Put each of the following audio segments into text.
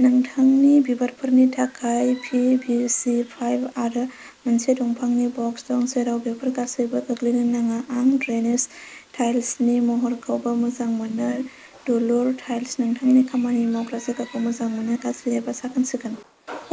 नोंथांनि बिबारफोरनि थाखाय पि भि सि पाइप आरो मोनसे दंफांनि बक्स दं, जेराव बेफोर गासैबो गोग्लैनो नाङा। आं ड्रेनेज टाइल्सनि महरखौबो मोजां मोनो दुलुर टाइल्स! नोंथांनि खामानि मावग्रा जायगाखौ मोजां मोनो, गाज्रि एबा साखोन सिखोन।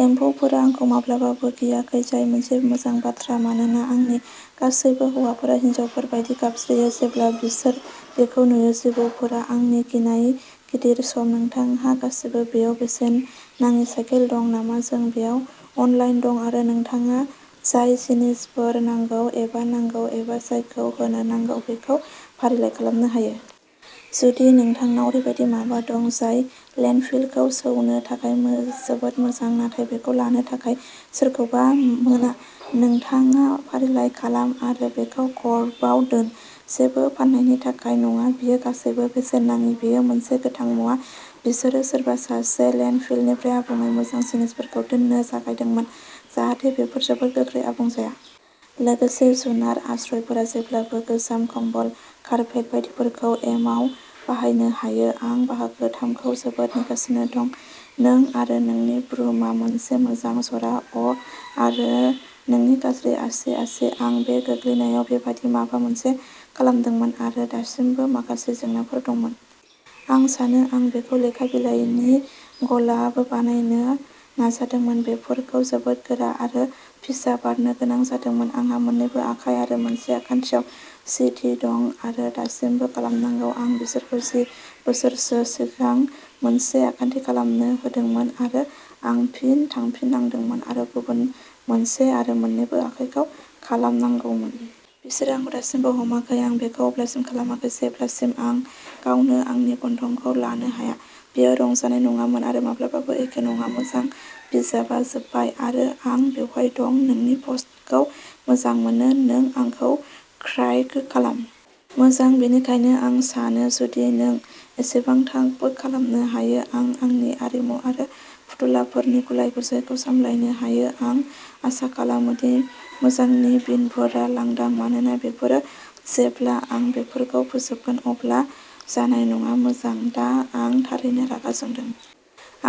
एम्फौफोरा आंखौ माब्लाबाबो गियाखै, जाय मोनसे मोजां बाथ्रा मानोना आंनि गासैबो हौवाफोरा हिनजावफोर बायदि गाबज्रियो जेब्ला बिसोर बेखौ नुयो। जिबौफोरा आंनि गिनाय गिदिर सम। नोंथांहा गासिबो बेयाव बेसेन नाङि साइकेल दं नामा? जों बेयाव अनलाइन दं आरो नोंथाङा जाय जिनिसफोर नांगौ एबा नांगौ एबा जायखौ होनो नांगौ बेखौ फारिलाइ खालामनो हायो। जुदि नोंथांनाव ओरैबायदि माबा दं जाय लेन्डफिलखौ सौनो थाखाय जोबोद मोजां, नाथाय बेखौ लानो थाखाय सोरखौबा मोना नोंथाङा फारिलाइ खालाम आरो बेखौ कर्बआव दोन। जेबो फाननायनि थाखाय नङा बेयो गासैबो बेसेन नाङि। बेयो मोनसे गोथां मुवा, बिसोरो सोरबा सासेआ लेन्डफिलनिफ्राय आबुङै मोजां जिनिसफोरखौ दोननो जागायदोंमोन जाहाथे बेफोर जोबोद गोख्रै आबुं जाया। लोगोसे जुनार आश्रयफोरा जेब्लाबो गोजाम कम्बल, कार्पेट बायदिफोरखौ एमाव बाहायनो हायो। आं बाहागो थामखौ जोबोद नेगासिनो दं। नों आरो नोंनि ब्रुमआ मोनसे मोजां जरा! अ' आरो नोंनि गाज्रि आसि-आसि! आं बे गोग्लैनायाव बेबादि माबा मोनसे खालामदोंमोन आरो दासिमबो माखासे जेंनाफोर दंमोन। आं सानो आं बेखौ लेखा बिलाइनि गलाब बानायनो नाजादोंमोन, बेफोरखौ जोबोद गोरा आरो फिसा बारनो गोनां जादोंमोन। आंहा मोन्नैबो आखाइ आरो मोनसे आखान्थिआव सि टि दं आरो दासिमबो खालामनांगौ। आं बिसोरखौ जि बोसोरसो सिगां मोनसे आखान्थि खालामनो होदोंमोन आरो आं फिन थांफिननांदोंमोन आरो गुबुन मोनसे आरो मोन्नैबो आखाइखौ खालामनांगौमोन। बिसोरो आंखौ दासिमबो हमाखै। आं बेखौ अब्लासिम खालामाखै जेब्लासिम आं गावनो आंनि गन्थंखौ लानो हाया। बेयो रंजानाय नङामोन आरो माब्लाबाबो एखे नङा। मोजां, बिजाबआ जोबबाय आरो आं बेवहाय दं। नोंनि पस्टखौ मोजां मोनो, नों आंखौ क्र्याक खालाम! मोजां, बेनिखायनो आं सानो जुदि नों एसेबां थाब खालामनो हायो, आं आंनि आरिमु आरो फुथुलाफोरनि गुलाय-गुजायखौ सामलायनो हायो आं आसा खालामो दि मोजांनि बिनफोरा लांदां मानोना बेफोरो जेब्ला आं बेफोरखौ फोजोबगोन अब्ला जानाय नङा मोजां, दा आं थारैनो रागा जोंदों।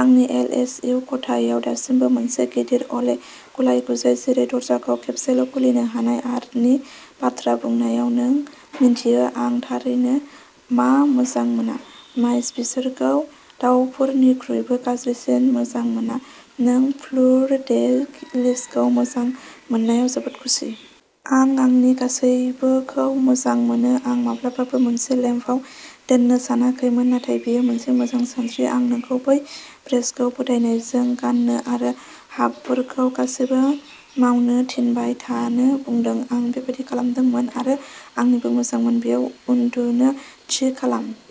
आंनि एलएसइउ खथाया दासिमबो मोनसे गिदिर अले गुलाय-गुजाय। जेरै दरजाखौ खेबसेल' खुलिनो हानाय। आरनि बाथ्रा बुंनायाव, नों मिन्थियो आं थारैनो मा मोजां मोना? माइस! बिसोरखौ दावफोरनिख्रुइबो गाज्रिसिन मोजां मोना। नों फ्लुर दे लिसखौ मोजां मोननायाव जोबोद खुसि। आं आंनि गासैबोखौ मोजां मोनो! आं माब्लाबाबो मोनसे लेम्पआव दोननो सानाखैमोन नाथाय बेयो मोनसे मोजां सानस्रि। आं नोंखौ बै ब्रेसखौ फोथायनायजों गान्नो आरो हाबफोरखौ गासैबो मावनो थिनबाय थानो बुंदों। आं बेबादि खालामदोंमोन आरो आंनिबो मोजांमोन। बेयाव उन्दुनो थि खालाम!